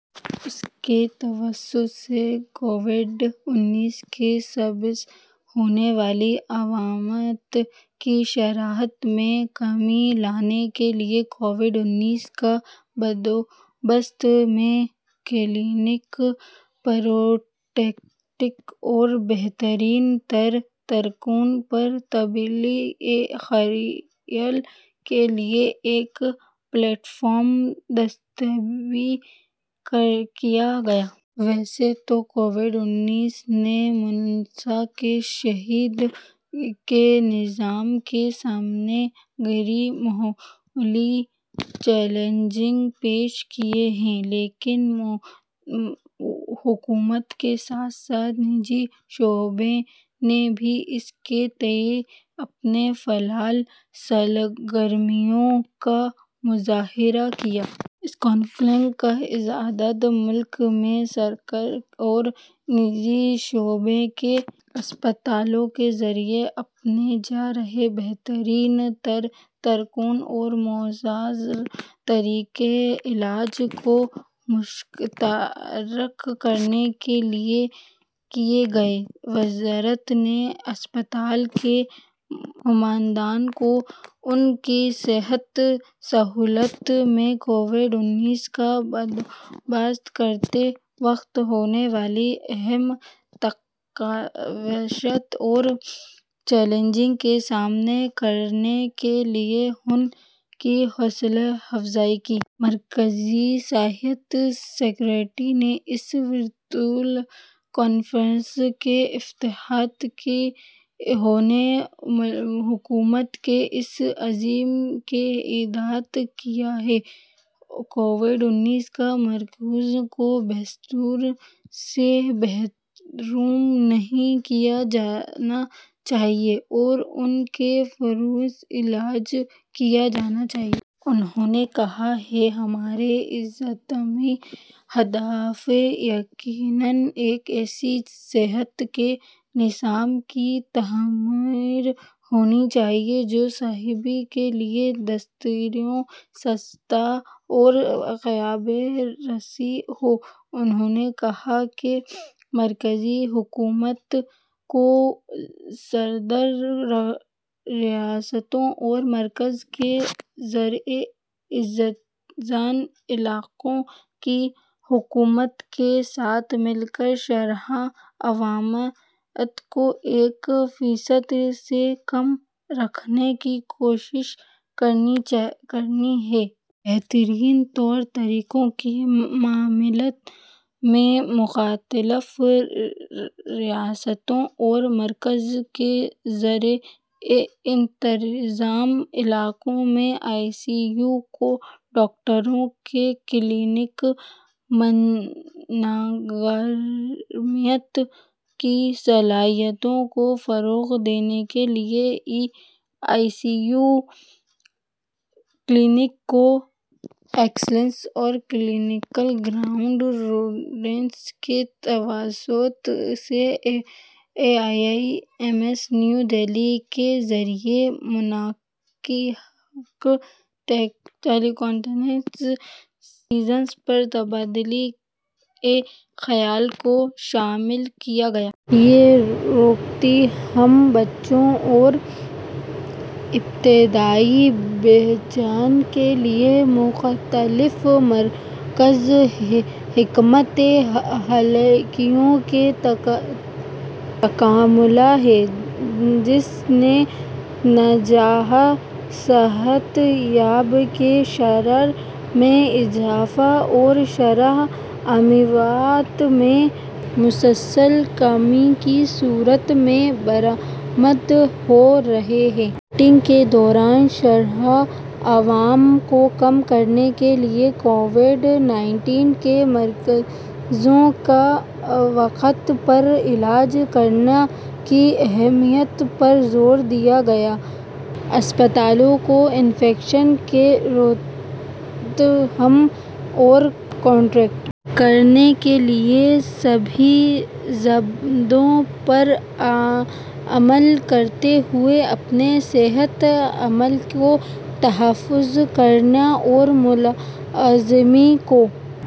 اس کے توسط سے کووڈ انیس کے سبب ہونے والی اموات کی شرح میں کمی لانے کے لیے کووڈ انیس کے بندوبست میں کلینکل پروٹوکول اور بہترین طور طریقوں پر تبادلہ خیال کے لیے ایک پلیٹ فارم دستیاب کرایا گیا۔ ویسے تو کووڈ انیس نے ملک کے صحت کے نظام کے سامنے غیر معمولی چیلنجز پیش کیے ہیں لیکن حکومت کے ساتھ ساتھ نجی شعبے نے بھی اس کے تئیں اپنی فعال سرگرمیوں کا مظاہرہ کیا۔ اس کنکلیو کا انعقاد ملک میں سرکاری اور نجی شعبے کے اسپتالوں کے ذریعے اپنائے جا رہے بہترین طور طریقوں اور مؤثر طریقہ علاج کو مشترک کرنے کے لیے کیا گیا۔ وزارت نے اسپتال کے نمائندوں کو ان کی صحت سہولیات میں کووڈ انیس کا بندوبست کرتے وقت ہونے والی اہم تشویشات اور چیلنجوں کا سامنا کرنے کے لیے ان کی حوصلہ افزائی کی۔ مرکزی صحت سکریٹری نے اس ورچوئل کانفرنس کا افتتاح کیا۔ انہوں نے حکومت کے اس عزم کا اعادہ کیا کہ کووڈ انیس کے مریضوں کو بستروں سے محروم نہیں کیا جانا چاہیے اور ان کا فوری علاج کیا جانا چاہیے۔ انہوں نے کہا کہ ہمارا اجتماعی ہدف یقیناً ایک ایسے صحت کے نظام کی تعمیر ہونا چاہیے جو سبھی کے لیے دستیاب، سستا اور قابل رسائی ہو۔ انہوں نے کہا کہ مرکزی حکومت کا مقصد ریاستوں اور مرکز کے زیر انتظام علاقوں کی حکومتوں کے ساتھ مل کر شرح اموات کو ایک فیصد سے کم رکھنے کی کوشش کرنا ہے۔ بہترین طور طریقوں کے معاملے میں مختلف ریاستوں اور مرکز کے زیر انتظام علاقوں میں آئی سی یو کے ڈاکٹروں کی کلینکل مینجمنٹ کی صلاحیتوں کو فروغ دینے کے لیے E I C U, centres of excellence اور کلینکل گراؤنڈ راؤنڈز کے توسط سے ایمس نئی دہلی کے ذریعے منعقدہ ٹیلی کنسلٹیشن سیشنز پر تبادلہ خیال کو شامل کیا گیا۔ یہ روک تھام، بچاؤ اور ابتدائی پہچان کے لیے مختلف مرکوز حکمت عملیوں کا تکملہ ہے، جس کا نتیجہ صحت یابی کی شرح میں اضافے اور شرح اموات میں مسلسل کمی کی صورت میں برآمد ہو رہا ہے۔ میٹنگ کے دوران شرح اموات کو کم کرنے کے لیے کووڈ انیس کے مریضوں کا وقت پر علاج کرنے کی اہمیت پر زور دیا گیا۔ اسپتالوں کو انفیکشن کی روک تھام اور کنٹرول کرنے کے لیے سبھی ضابطوں پر عمل کرتے ہوئے اپنے صحت عملے کا تحفظ کرنے اور ملازمین کو